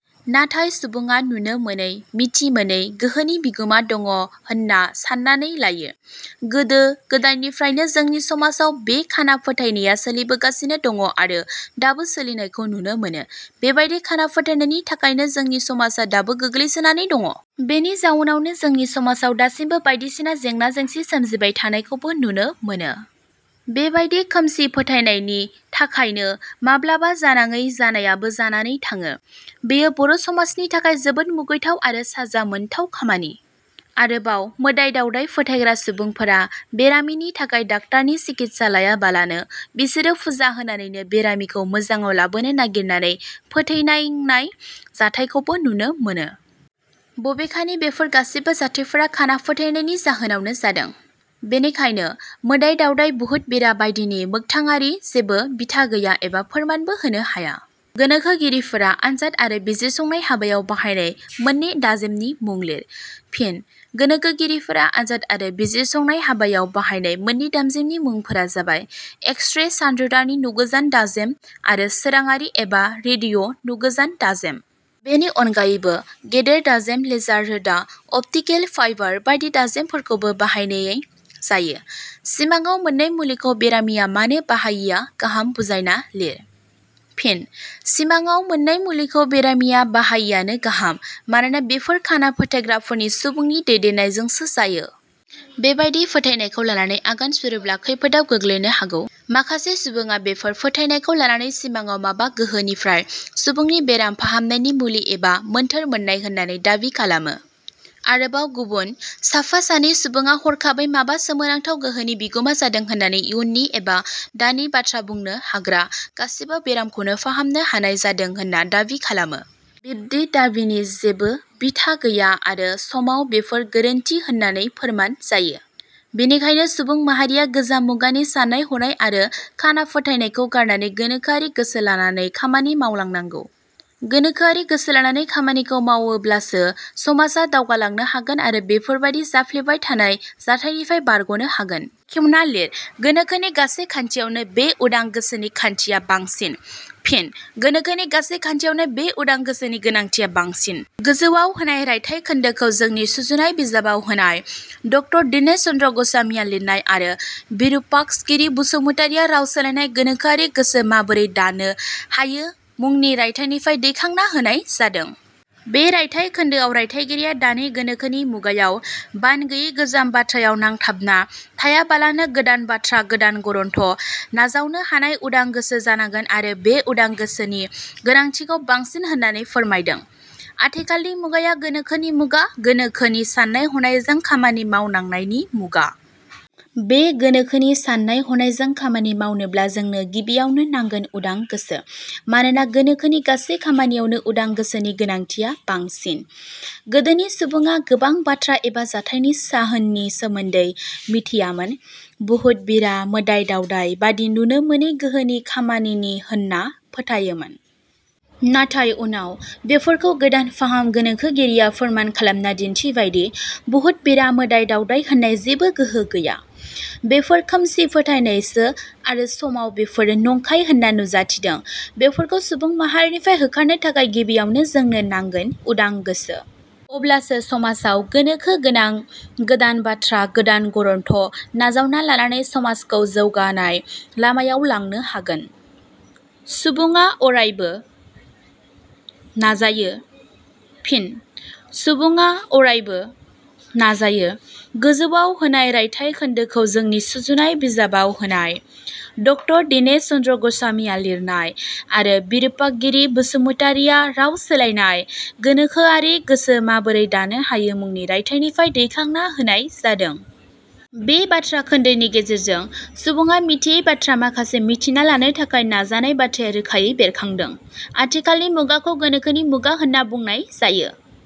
नाथाय सुबुडा नुनो मोनै, मिथिमोनै गोहोनि बिगुमा दं होनना साननानै लायो। गोदो गोदायनिफ्रायनो जोंनि समाजाव बे खाना फोथायनाया सोलिबोगासिनो दं आरो दाबो सोलिनायखौ नुनो मोनो। बेबादि खाना फोथायनायनि थाखायनो जोंनि समाजा दाबो गोग्लैसोनानै दं। बेनि जाउनावनो जोंनि समाजाव दासिमबो बायदिसिना जेंना जेंंसि सोमजिबाय थानायखौबो नुनो मोनो। बेबादि खोमसि फोथायनायनायनि थाखायनो माब्लाबा जानाङै जानायाबो जानानै थाङो। बेयो बर' समाजनि थाखाय जोबोर मुगैथाव आरो साजा मोनथाव खामानि। आरोबाव मोदाइ दावदाइ फोथायग्रा सुबुंफोरा बेरामिनि थाखाय डाक्टरनि सिकित्सा लायाबालानो बिसोरो फुजा होनानैनो बेरामिखौ मोजाडाव लाबोनो नायगिरनानै फोथैनांनाय जाथाइखौबो नुनो मोनो। बबेखानि बेफोर गासैबो जाथाइफोरा खाना फोथायनायनि जोहानावनो जादों। बेनिखायनो मोदाइ-दावदाय, बुहुत-बिरा बायदिनि मोखथाङारि जेबो बिथा गैया एबा फोरमानबो होनो हाया।. गोनोखोगिरिफोरा आनजाद आरो बिजिरसंनाय हाबायाव बाहायनाय मोननै दाजेमनि मुं लिर। फिन: गोनोखोगिरिफोरा आनजाद आरो बिजिरसंनाय हाबायाव बाहायनाय मोननै दाजेमनि मुंफोरा जाबाय- एक्सरे सानरोदानि नुगोजान दाजेम आरो सोराडारि एबा रेडिअ' नुगोजान दाजेम। बेनि अननगायैबो गेदेर दाजेम, लेजार रोदा, अप्टिकेल फाइबार बायदि दाजेमफोरखौबो बाहायनाय जाययो।. 'सिमाङाव मोननाय मुलिखौ' बेरामिया मानो बाहायैया गाहाम बुजायना लिर। फिन: सिमाडाव मोननाय मुलिखौ बेरामिया बाहायैयानो गाहाम। मानोना बेफोर खाना फोथायग्राफोरनि सुबुंनि दैदेननायजोंसो जायो। बेबादि फोथायनायखौ लानानै आगान सुरोब्ला खैफोदाव गोग्लैनो हागौ। माखासे सुबुङा बेफोर फोथायनायखौ लानानै सिमाङाव माबा गोहोनिफ्राय सुबुंनि बेराम फाहामनायनि मुलि एबा मोनथोर मोननाय होननानै दाबि खालामो। आरोबाव गुबुन साफा सानै सुबुङा हरखाबै माबा सोमोनांथाव गोहोनि बिगुमा जादों होननानै इयुननि एबा दानि बाथ्रा बुनो हाग्रा, गासैबो बेरामखौनो फाहामनो हानाय जादों होनना दाबि खालामो। बिब्दि दाबिनि जेबो बिथा गैया आरो समाव बेफोर गोरोन्थि होननानै फोरमान जायो। बिनिखायनो सुबुं माहारिया गोजाम मुगानि साननाय हनाय आरो खाना फोथायनायखौ गारनानै गोनोखोआरि गोसो लानानै खामानि मावलांनांगौ। गोनोखोआरि गोसो लानानै खामानिखौ मावलाङोब्लासो समाजा दावगानो हागोन आरो बेफोरबादि जाफ्लेबाय थानाय जाथायनिफ्राय बारग'नो हागोन।. बेखेवना लिर: गोनोखोनि गासै खान्थियावनो बे उदां गोसोनि गोनांथिया बांसिन। फिन: "गोनोखोनि गासै खान्थियावनो बे उदां गोसोनि गोनांथिया बांसिन। " गोजौवाव होनाय रायथाइ खोनदोखौ जोंनि सुजुनाय बिजाबाव होनाय ड दीनेश चन्द्र ग'स्वामीआ लिरनाय आरो बिरुपाक्षगिरि बसुमतारीआ राव सोलायनाय "गोनोखोआरि गोसो माबोरै दानो हायो" मुंनि रायथाइनिफ्राय दैखांना होनाय जादों। बे रायथाइ खोनदोआव रायथाइगिरिया दानि गोनोखोनि मुगायाव बान गैयै गोजाम बाथ्रायाव नांथाबना थायाबालानो गोदान बाथ्रा, गोदान गरन्थ' नाजावनो हानाय उदां गोसो जानांगोन आरो बे उदां गोसोनि गोनांथिखौ बांसिन होननानै फोरमायदों। आथिखालनि मुगाया गोनोखोनि मुगा, गोनोखोनि साननाय-हनायों खामानि मावनायनि मुगा। बे गोनोखोनि साननाय-हनायजों खामानि मावनोब्ला जोंनो गिबियावनो नांगोन उदां गोसो। मानोना गोनोखोनि गासै खामानियावनो उदां गोसोनि गोनांथिया बांसिन। गोदोनि सुबुडा गोबां बाथ्रा एबा जाथाइनि जाहोननि सोमोन्दै मिथियामोन। बुहुत-बिरा, मोदाइ-दावदाइ बायदि नुनो मोनै गोहोनि खामानि होनना फोथायोमोन। नाथाय उनाव बेफोरखौ गोदान फाहाम गोनोखोगिरिया फोरमान खालामना दिन्थिबायदि बहुत-बिरा, मोदाइ दावदाइ होननाय जेबो गोहो गैया। बेफोर खोमसि फोथायनायसो आरो समाव बेफोरो नंखाय होनना नुजाथिदों। बेफोरखौ सुबुं माहारिनिफ्राय होखारनो थाखाय गिबियावनो जोंनो नांगोन उदां गोसोनि। अब्लासो समाजाव गोनोखो गोनां गोदान बाथ्रा, गोदान गरन्थ' नाजावना लानानै समाजखौ जौगानाय लामायाव लांनो हागोन। सुबुङा आरायबो………….. नाजायो। फिन: "सुबुङा अरायबो…………… नाजायो। " गोजौवाव होनाय रायथाइ खोनदोखौ जोंनि सुजुनाय बिजाबाव होनाय ड दीनेश चन्द्र ग'स्वामीआ लिरनाय आरो बिरुपाक्षगिरि बसुमतारीआ राव सोलायनाय "गोनोखोआरि गोसो माबोरै दानो हायो" मुंनि रायथाइनिफ्राय दैखांना होनाय जादों। बे बाथ्रा खोन्दोनि गेजेरजों सुबुङा मिथियै बाथ्रा माखासेखौ मिथिना लानो थाखाय नाजानाय बाथ्राया रोखायै बेरखांदों। आथिखालनि मुगाखौ गोनोखोनि मुगा होनना बुनाय जायो।